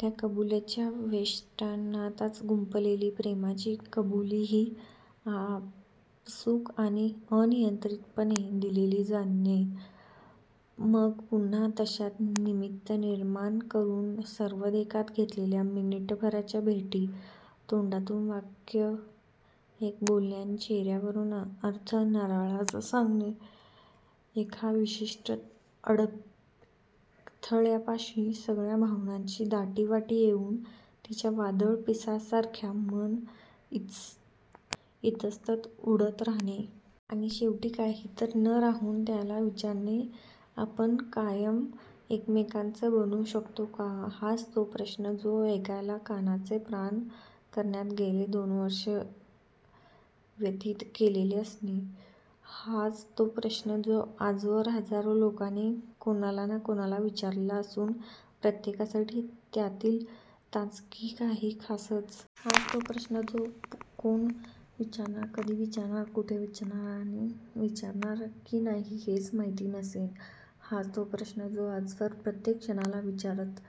त्या कबूलीच्या वेष्टनातच गुंफलेली प्रेमाची कबूलीही आपसूक आणि अनियंत्रीतपणे दिली जाणे! मग पुन्हा तश्याच निमित्ते निर्माण करून सर्वांदेखत घेतलेल्या मिनिटभराच्या भेटी! तोंडातून वाक्य एक बोलणे आणि चेहर्यावरून अर्थ निराळाच सांगणे! एका विशिष्ट अडथळ्यापाशी सगळ्या भावनांची दाटीवाटी येऊन तिच्या वादळात पिसासारखे मन इतस्ततः उडत राहणे! आणि शेवटी कधीतरी न राहवून त्याने तिला विचारणे! 'आपण कायम एकमेकांचे बनू शकतो का? हाच तो प्रश्न जो ऐकायला कानाचे प्राण करण्यात गेली दोन वर्षे व्यतीत केलेली असणे! हाच तो प्रश्न जो आजवर हजारो लोकांनी कोणाला ना कोणाला विचारलेला असूनही प्रत्येकासाठी त्यातील ताजगी काही खासच! हाच तो प्रश्न जो कोण विचारणार, कधी विचारणार, कुठे विचारणार आणि विचारणार की नाही हेच माहीत नसणे! हाच तो प्रश्न जो आजवरच्या प्रत्येक क्षणाला विचारता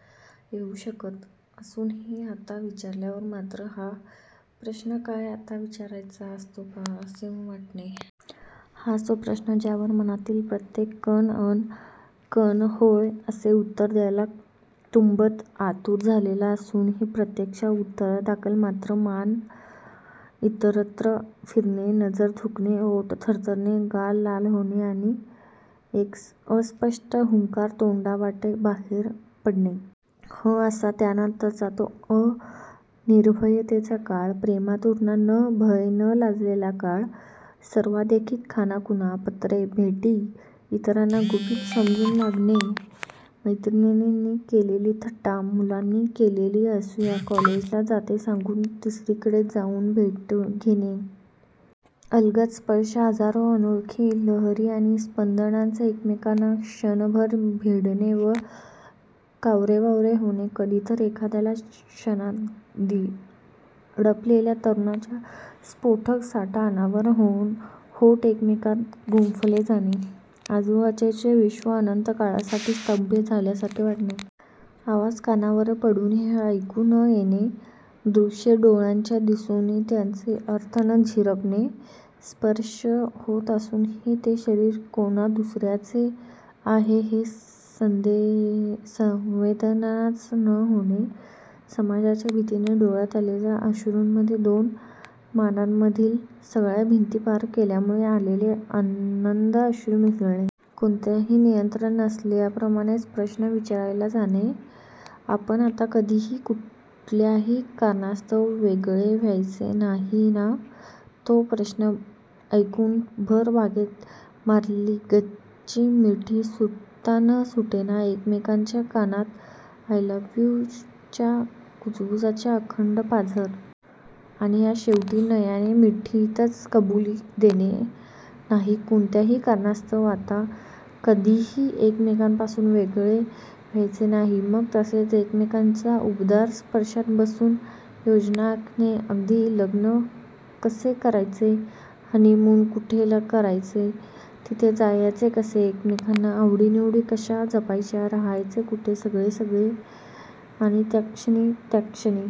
येऊ शकत असूनही आत्ता विचारल्यावर मात्र 'हा प्रश्न काय आत्ता विचारायचा असतो का' असे वाटणे! हाच तो प्रश्न, ज्यावर मनातील प्रत्येक कण अन् कण 'होय' असे उत्तर द्यायला तुडुंब आतुर झालेला असूनही प्रत्यक्षात उत्तरादाखल मात्र मान इतरत्र फिरणे, नजर झुकणे, ओठ थरथरणे, गाल लाल होणे आणि एक अस्पष्ट हुंकार तोंडावाटे बाहेर पडणे! 'हं' असा! त्यानंतरचा तो अनिर्बंधतेचा काळ! प्रेमातुराणां न भयं न लज्जेचा काळ! सर्वांदेखत खाणाखुणा! पत्रे! भेटी! इतरांना गुपीत समजू लागणे! मैत्रिणींनी केलेली थट्टा! मुलांनी केलेली असूया! कॉलेजला जाते सांगून तिसरीचकडे जाऊन भेटी घेणे! अलगद स्पर्श! हजारो अनोळखी लहरी आणि स्पंदनांचे एकमेकांना क्षणभर भिडणे व कावरेबावरे होणे! कधीतरी एखाद्या क्षणात दडलेला तारुण्याचा स्फोटक साठा अनावर होऊन ओठ एकमेकांत गुंफले जाणे! आजूबाजूचे विश्व अनंत काळासाठी स्तब्ध झाल्यासारखे वाटणे! आवाज कानावर पडूनही ऐकू न येणे! दृष्ये डोळ्यांना दिसूनही त्यांचे अर्थ न झिरपणे! स्पर्श होत असूनही हे शरीर कोणा दुसर्याचे आहे ही संवेदनाच न होणे! समाजाच्या भीतीने डोळ्यांत आलेल्या अश्रूंमध्ये दोन मनांमधील सगळ्या भिंती पार केल्यामुळे आलेले आनंदाश्रू मिसळणे! कोणतेही नियंत्रण नसल्याप्रमाणे प्रश्न विचारला जाणे! 'आपण आता कधीही, कुठल्याही कारणास्तव वेगळे व्हायचे नाही ना? ' तो प्रश्न ऐकून भर बागेत मारलेली गच्च मिठी सुटता न सुटणे! एकमेकांच्या कानात 'आय लव्ह यू'च्या कुजबुजीचा अखंड पाझर! आणि शेवटी नयनाने मिठीतच कबूली देणे! 'नाही, कोणत्याही कारणास्तव आता कधीही एकमेकांपासून वेगळे व्हायचे नाही'! मग तसेच एकमेकांच्या उबदार स्पर्शात बसून योजना आखणे! अगदी लग्न कसे करायचे, हनीमून कुठे करायचा, तिथे जायचे कसे, एकमेकांच्या आवडीनिवडी कश्या जपायच्या, राहायचे कुठे, सगळे सगळे! आणि त्याचक्षणी! त्याचक्षणी